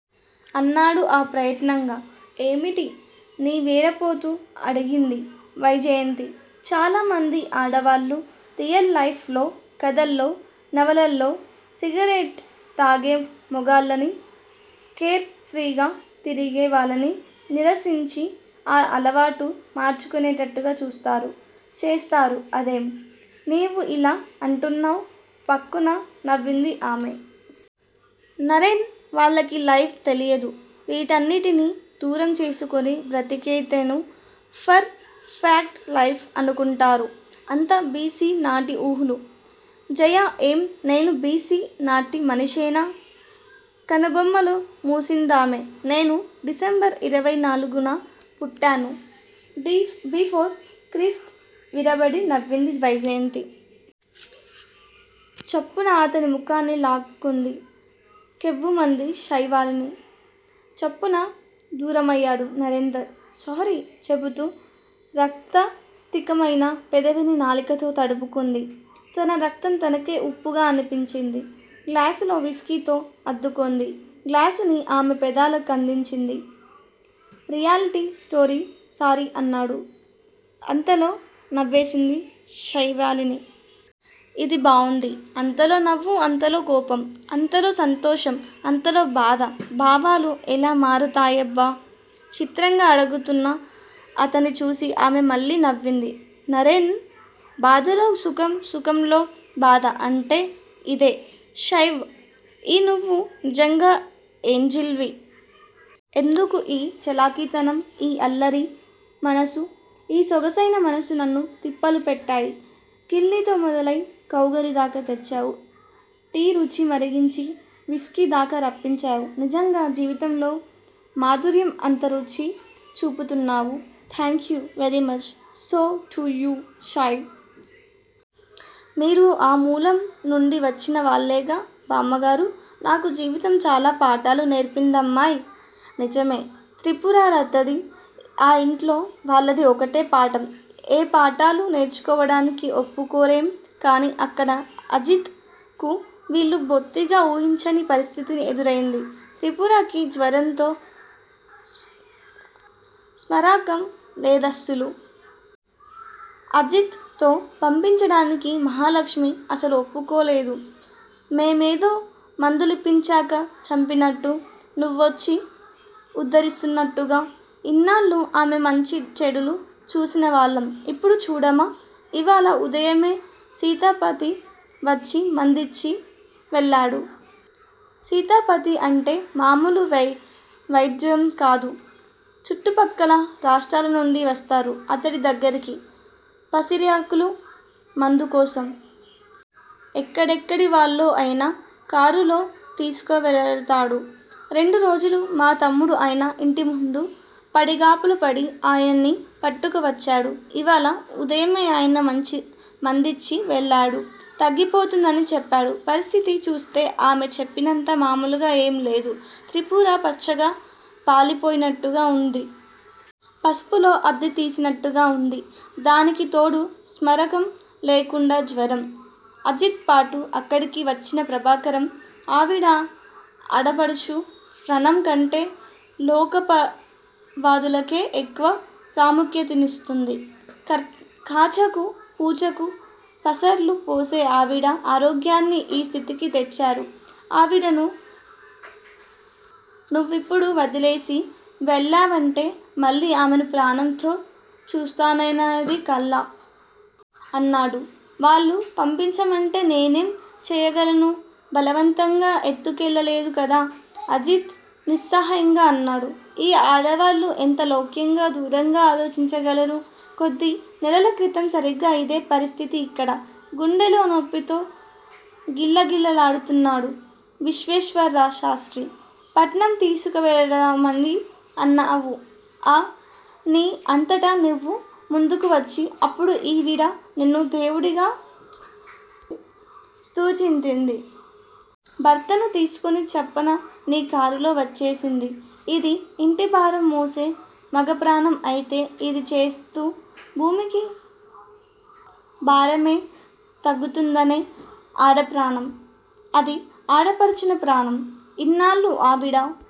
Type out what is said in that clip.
అన్నాడు ఆ ప్రయత్నంగా. ఏమిటి? నివేరపోతూ అడిగింది వైజయంతి. చాలా మంది ఆడవాళ్ళు రియల్ లైఫ్ లో, కధలో, నవలల్లో సిగరెట్ తాగే మొగాళ్ళని, కేర్ ఫ్రీగా తిరిగే వాళ్లని నిరసించి ఆ అలవాటు మార్చుకునేటట్టుగా చూస్తారు. చేస్తారు అదేం. నీవు యిలా అంటున్నావ్ ఫక్కున నవ్వింది ఆమె. నరేన్! వాళ్లకి లైఫ్ తెలియదు. వీటన్నిటిని దూరం చేసుకొని బ్రతికితేను పర్ ఫెక్ట్ లైఫ్ అనుకుంటారు. అంతా బి. సి. నాటి ఉహాలు! జయా! ఏం? నేనూ బి. సి నాటి మనిషేనా?! కనుబొమ్మలు ముసిందామే. నేను డిసెంబరు ఇరవై నాలుగు న పుట్టాను. బిఫోర్ క్రిస్ట్ విరబడి నవ్వింది వైజయంతి. చప్పున అతని ముఖాన్ని లాక్కుంది. కేవ్వుమంది శైవాలిని. చప్పున దూరమయ్యాడు నరేందర్ సారీ! చెపుతూ రక్తస్తికమైన పెదవిని నాలికతో తడుపుకుంది. తన రక్తం తనకే ఉప్పగా అనిపించింది. గ్లాసులో విస్కీతో అద్దుకుంది. గ్లాసుని ఆమె పేదల కందించింది! రియలిటి స్టోరి సారీ అన్నాడు. అంతలో నవ్వెసింది శైవాలిని. యిది బావుంది. అంతలో నవ్వు, అంతలో కోపం! అంతలో సంతోషం అంతలో బాధ భావాలు ఎలా మరతాయబ్బా? చిత్రంగా అడుగుతోన్న అతన్ని చూసి ఆమె మళ్ళీ నవ్వింది. నరేన్! బాధలో సుఖం, సుఖంలో బాధ అంటే యిదే! శైవ్! ఊ నువు నిజంగా ఏంజిల్ వి? ఎందుకు? ఈ చలాకితనం, ఈ అల్లరి మనసు, ఈ సొగసైన మనసు నన్ను తిప్పలు పెట్టాయి. కిళ్ళితో మొదలై కౌగిలి దాకా తెచ్చావు. టీ రుచి మరిగించి విస్కీ దాకా రప్పించావు, నిజంగా జీవితంలో మాధుర్యం అంతా రుచి చూపుతున్నావు. Thank you very much! So! To you- శైవ్! మీరూ ఆ మూలం నుండి వచ్చిన వాళ్ళేగా, బామ్మగారూ? నాకు జీవితం చాలా పాఠాలు నేర్పిందమ్మాయ్! నిజమే! త్రిపురత్తది, ఆ ఇంట్లో వాళ్ళది ఒకటే పాఠం. ఏ పాఠాలు నేర్చుకోవడానికి ఒప్పకోరేం. కానీ, అక్కడ అజిత్ కు వీళ్ళు బొత్తిగా ఊహించని పరిస్ధితి ఎదుర్తెంది. త్రిపురకి జ్వరంతో స్మారకం లేదసలు! అజిత్ తో పంపించడానికి మహాలక్ష్మి అస్సలు ఒప్పకోలేదు. మేమేదో మందులిప్పించక చంపినట్టు! నువ్వొచ్చి ఉద్దరిస్తున్నట్టుగా! ఇన్నాళ్ళు ఆమె మంచి చెడ్డలు చూసినవాళ్ళం ఇప్పుడు చూడమా? ఇవాళ ఉదయమే సీతాపతి వచ్చి మందిచ్చి వెళ్ళాడు. సీతాపతి అంటే మామూలు వ్తేద్యుం కాదు! చుట్టపక్కల రాష్ట్రలనుండి వస్తారు అతడి దగ్గరికి, పసిరి ఆకులు మందుకోసం! ఎక్కడెక్కడి వాళ్ళో ఆయిన కారులో తిసుకువెలతాడు. రెండు రోజులు మా తమ్ముడు ఆయన ఇంటిముందు పడిగాపులుపడి ఆయన్ని పట్టుకు వచ్చాడు. ఇవాళ ఉదయమే ఆయన మంచి మందిచ్చి వెళ్ళాడు. తగ్గిపోతుందని చెప్పాడు. పరిస్ధితి చూస్తే ఆమె చెప్పినంత మామూలుగా ఏం లేదు. త్రిపుర పచ్చగా పాలిపోయినట్టుగా ఉంది. పసుపులో అద్ది తిసినట్టుగా ఉంది! దానికితోడు స్మారకం లేకుండా జ్వరం! అజిత్ పాటు అక్కడికి వచ్చిన ప్రభాకరం, ఆవిడ ఆడపడుచు ప్రాణంకంటే లోకోపవాదులకే ఎక్కువ ప్రాముఖ్యతనిస్తూంది. కచాకు పుచాకు పసర్లు పోసే ఆవిడ ఆరోగ్యాన్ని ఈ స్ధితికి తెచ్చారు. ఆవిడను నువ్విప్పుడు వదిలేసి వెళ్ళావంటే మళ్ళి ఆమెను ప్రాణంతో చూస్తాననేది కల్ల! అన్నాడు. వాళ్ళు పంపించమంటే నేనేం చేయగలను? బలవంతగా ఎత్తుకెళ్ళలేదు కదా? అజిత్ నిస్సహాయింగా అన్నాడు. ఈ ఆడవాళ్ళు ఎంత లౌక్యంగా, దూరంగా ఆలోచించగలరు! కొద్ది నెలల క్రితం సరిగ్గా ఇదే పరిస్ధితి ఇక్కడ. గుండెలో నొప్పితో గిలగిల్లాడుతున్నాడు విశ్వేశ్వరశాస్త్రి! పట్నం తీసుకువెడదామండి అన్నావు ని అంతట నువ్వు ముందుకు వచ్చి, అప్పుడు ఈవిడ నిన్ను దేవుడిగా స్తుతించింది. భర్తను తీసుకొని చప్పన ని కారులో వచ్చేసింది. అది ఇంటిభారం మోసే మగప్రాణం అయితే, ఇదిచేస్తూ భూమికి భారమే తగ్గుతుందనే ఆడప్రాణం! అది ఆడపడుచు ప్రాణం! ఇన్నాళ్ళు ఆవిడ